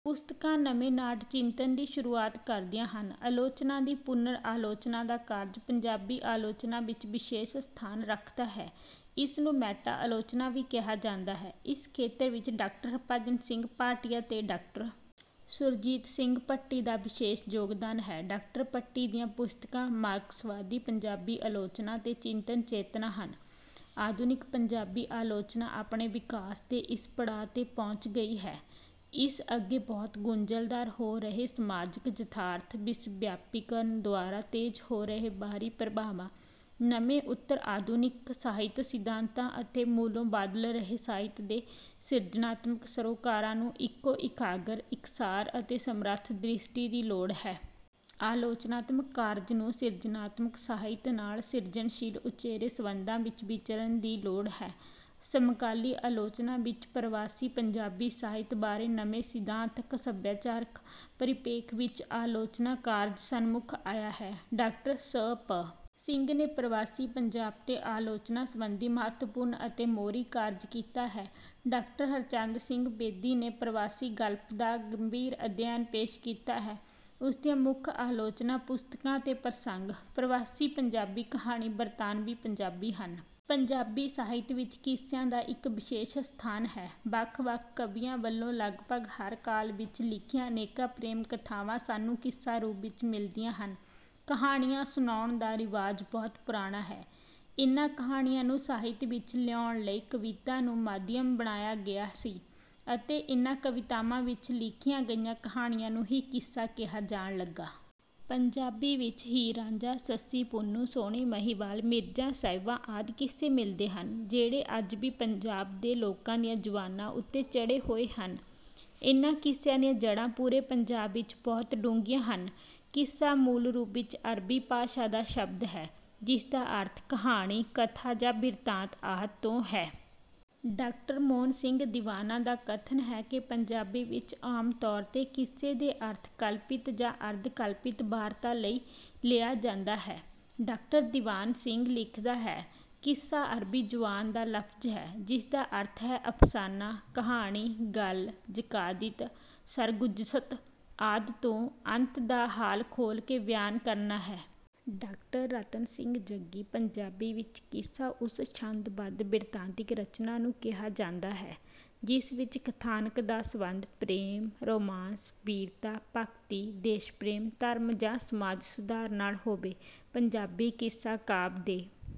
ਪੁਸਤਕਾਂ ਨਵੇਂ ਨਾਟ-ਚਿੰਤਨ ਦੀ ਸ਼ੁਰੂਆਤ ਕਰਦੀਆਂ ਹਨ। ਆਲੋਚਨਾ ਦੀ ਪੁਨਰ-ਆਲੋਚਨਾ ਦਾ ਕਾਰਜ ਪੰਜਾਬੀ ਆਲੋਚਨਾ ਵਿੱਚ ਵਿਸ਼ੇਸ਼ ਸਥਾਨ ਰੱਖਦਾ ਹੈ। ਇਸ ਨੂੰ ਮੈਟਾ-ਆਲੋਚਨਾ ਵੀ ਕਿਹਾ ਜਾਂਦਾ ਹੈ। ਇਸ ਖੇਤਰ ਵਿੱਚ ਡਾਕਟਰ ਹਰਿਭਜਨ ਸਿੰਘ ਭਾਟੀਆ ਤੇ ਡਾਕਟਰ ਸੁਰਜੀਤ ਸਿੰਘ ਭੱਟੀ ਦਾ ਵਿਸ਼ੇਸ਼ ਯੋਗਦਾਨ ਹੈ। ਡਾਕਟਰ ਭੱਟੀ ਦੀਆਂ ਪੁਸਤਕਾਂ ‘ਮਾਰਕਸਵਾਦੀ ਪੰਜਾਬੀ ਆਲੋਚਨਾ’ ਤੇ ‘ਚਿੰਤਨ-ਚੇਤਨਾ’ ਹਨ। ਆਧੁਨਿਕ ਪੰਜਾਬੀ ਆਲੋਚਨਾ ਆਪਣੇ ਵਿਕਾਸ ਦੇ ਇਸ ਪੜਾਅ ’ਤੇ ਪਹੁੰਚ ਗਈ ਹੈ। ਇਸ ਅੱਗੇ ਬਹੁਤ ਗੁੰਝਲਦਾਰ ਹੋ ਰਹੇ ਸਮਾਜਕ ਯਥਾਰਥ, ਵਿਸ਼ਵਵਿਆਪੀਕਰਨ ਦੁਆਰਾ ਤੇਜ਼ ਹੋ ਰਹੇ ਬਾਹਰੀ ਪ੍ਰਭਾਵਾਂ, ਨਵੇਂ ਉੱਤਰ-ਆਧੁਨਿਕ ਸਾਹਿਤ-ਸਿਧਾਂਤਾਂ ਅਤੇ ਮੂਲੋਂ ਬਦਲ ਰਹੇ ਸਾਹਿਤ ਦੇ ਸਿਰਜਣਾਤਮਕ ਸਰੋਕਾਰਾਂ ਨੂੰ ਇੱਕੋ ਇਕਾਗਰ, ਇਕਸਾਰ ਅਤੇ ਸਮਰੱਥ ਦ੍ਰਿਸ਼ਟੀ ਦੀ ਲੋੜ ਹੈ। ਆਲੋਚਨਾਤਮਕ ਕਾਰਜ ਨੂੰ ਸਿਰਜਣਾਤਮਕ ਸਾਹਿਤ ਨਾਲ ਸਿਰਜਣਸ਼ੀਲ ਉਚੇਰੇ ਸੰਬੰਧਾਂ ਵਿੱਚ ਵਿਚਰਨ ਦੀ ਲੋੜ ਹੈ। ਸਮਕਾਲੀ ਆਲੋਚਨਾ ਵਿੱਚ ਪਰਵਾਸੀ ਪੰਜਾਬੀ ਸਾਹਿਤ ਬਾਰੇ ਨਵੇਂ ਸਿਧਾਂਤਕ-ਸਭਿਆਚਾਰਕ ਪਰਿਪੇਖ ਵਿੱਚ ਆਲੋਚਨਾ ਕਾਰਜ ਸਨਮੁਖ ਆਇਆ ਹੈ। ਡਾਕਟਰ ਸੁਰਜੀਤ ਸਿੰਘ ਭੱਟੀ ਸਿੰਘ ਨੇ ਪਰਵਾਸੀ ਪੰਜਾਬ ਤੇ ਆਲੋਚਨਾ ਸੰਬੰਧੀ ਮਹੱਤਵਪੂਰਨ ਅਤੇ ਮੋਹਰੀ ਕਾਰਜ ਕੀਤਾ ਹੈ। ਡਾਕਟਰ ਹਰਚੰਦ ਸਿੰਘ ਬੇਦੀ ਨੇ ਪਰਵਾਸੀ ਗਲਪ ਦਾ ਗੰਭੀਰ ਅਧਿਐਨ ਪੇਸ਼ ਕੀਤਾ ਹੈ। ਉਸ ਦੀਆਂ ਮੁੱਖ ਆਲੋਚਨਾ-ਪੁਸਤਕਾਂ ‘ਤੇ ਪ੍ਰਸੰਗ’, ‘ਪਰਵਾਸੀ ਪੰਜਾਬੀ ਕਹਾਣੀ’, ‘ਬਰਤਾਨਵੀ ਪੰਜਾਬੀ’ ਹਨ। ਪੰਜਾਬੀ ਸਾਹਿਤ ਵਿੱਚ ਕਿੱਸਿਆਂ ਦਾ ਇੱਕ ਵਿਸ਼ੇਸ਼ ਸਥਾਨ ਹੈ। ਵੱਖ-ਵੱਖ ਕਵੀਆਂ ਵੱਲੋਂ ਲਗਭਗ ਹਰ ਕਾਲ ਵਿੱਚ ਲਿਖੀਆਂ ਅਨੇਕਾਂ ਪ੍ਰੇਮ-ਕਥਾਵਾਂ ਸਾਨੂੰ ਕਿੱਸਾ ਰੂਪ ਵਿੱਚ ਮਿਲਦੀਆਂ ਹਨ। ਕਹਾਣੀਆਂ ਸੁਣਾਉਣ ਦਾ ਰਿਵਾਜ਼ ਬਹੁਤ ਪੁਰਾਣਾ ਹੈ। ਇਹਨਾਂ ਕਹਾਣੀਆਂ ਨੂੰ ਸਾਹਿਤ ਵਿੱਚ ਲਿਆਉਣ ਲਈ ਕਵਿਤਾ ਨੂੰ ਮਾਧਿਅਮ ਬਣਾਇਆ ਗਿਆ ਸੀ ਅਤੇ ਇਹਨਾਂ ਕਵਿਤਾਵਾਂ ਵਿੱਚ ਲਿਖੀਆਂ ਗਈਆਂ ਕਹਾਣੀਆਂ ਨੂੰ ਹੀ ਕਿੱਸਾ ਕਿਹਾ ਜਾਣ ਲੱਗਾ। ਪੰਜਾਬੀ ਵਿੱਚ ਹੀਰ-ਰਾਂਝਾ, ਸੱਸੀ-ਪੁੰਨੂੰ, ਸੋਹਣੀ-ਮਹੀਂਵਾਲ, ਮਿਰਜ਼ਾ-ਸਾਹਿਬਾਂ ਆਦਿ ਕਿੱਸੇ ਮਿਲਦੇ ਹਨ, ਜਿਹੜੇ ਅੱਜ ਵੀ ਪੰਜਾਬ ਦੇ ਲੋਕਾਂ ਦੀਆਂ ਜ਼ੁਬਾਨਾਂ ਉੱਤੇ ਚੜ੍ਹੇ ਹੋਏ ਹਨ। ਇਹਨਾਂ ਕਿੱਸਿਆਂ ਦੀਆਂ ਜੜ੍ਹਾਂ ਪੂਰੇ ਪੰਜਾਬ ਵਿੱਚ ਬਹੁਤ ਡੂੰਘੀਆਂ ਹਨ। ਕਿੱਸਾ ਮੂਲ ਰੂਪ ਵਿੱਚ ਅਰਬੀ ਭਾਸ਼ਾ ਦਾ ਸ਼ਬਦ ਹੈ, ਜਿਸ ਦਾ ਅਰਥ ਕਹਾਣੀ, ਕਥਾ ਜਾਂ ਬਿਰਤਾਂਤ ਆਦਿ ਤੋਂ ਹੈ। ਡਾਕਟਰ ਮੋਹਨ ਸਿੰਘ ਦੀਵਾਨਾ ਦਾ ਕਥਨ ਹੈ ਕਿ ਪੰਜਾਬੀ ਵਿੱਚ ਆਮ ਤੌਰ ’ਤੇ ਕਿੱਸੇ ਦੇ ਅਰਥ ਕਲਪਿਤ ਜਾਂ ਅਰਧ-ਕਲਪਿਤ ਵਾਰਤਾ ਲਈ ਲਿਆ ਜਾਂਦਾ ਹੈ। ਡਾਕਟਰ ਦੀਵਾਨ ਸਿੰਘ ਲਿਖਦਾ ਹੈ, “ਕਿੱਸਾ ਅਰਬੀ ਜ਼ੁਬਾਨ ਦਾ ਲਫ਼ਜ਼ ਹੈ, ਜਿਸ ਦਾ ਅਰਥ ਹੈ: ਅਫ਼ਸਾਨਾ, ਕਹਾਣੀ, ਗੱਲ, ਜ਼ਕਾਦਿਤ, ਸਰਗੁਜ਼ਸ਼ਤ ਆਦਿ ਤੋਂ ਅੰਤ ਦਾ ਹਾਲ ਖੋਲ੍ਹ ਕੇ ਬਿਆਨ ਕਰਨਾ ਹੈ।” ਡਾਕਟਰ ਰਤਨ ਸਿੰਘ ਜੱਗੀ: “ਪੰਜਾਬੀ ਵਿੱਚ ਕਿੱਸਾ ਉਸ ਛੰਦ-ਬੱਧ ਬਿਰਤਾਂਤਿਕ ਰਚਨਾ ਨੂੰ ਕਿਹਾ ਜਾਂਦਾ ਹੈ, ਜਿਸ ਵਿੱਚ ਕਥਾਨਕ ਦਾ ਸਬੰਧ ਪ੍ਰੇਮ, ਰੋਮਾਂਸ, ਬੀਰਤਾ, ਭਗਤੀ, ਦੇਸ਼-ਪ੍ਰੇਮ, ਧਰਮ ਜਾਂ ਸਮਾਜ-ਸੁਧਾਰ ਨਾਲ ਹੋਵੇ।” ਪੰਜਾਬੀ ਕਿੱਸਾ-ਕਾਵਿ ਦੇ...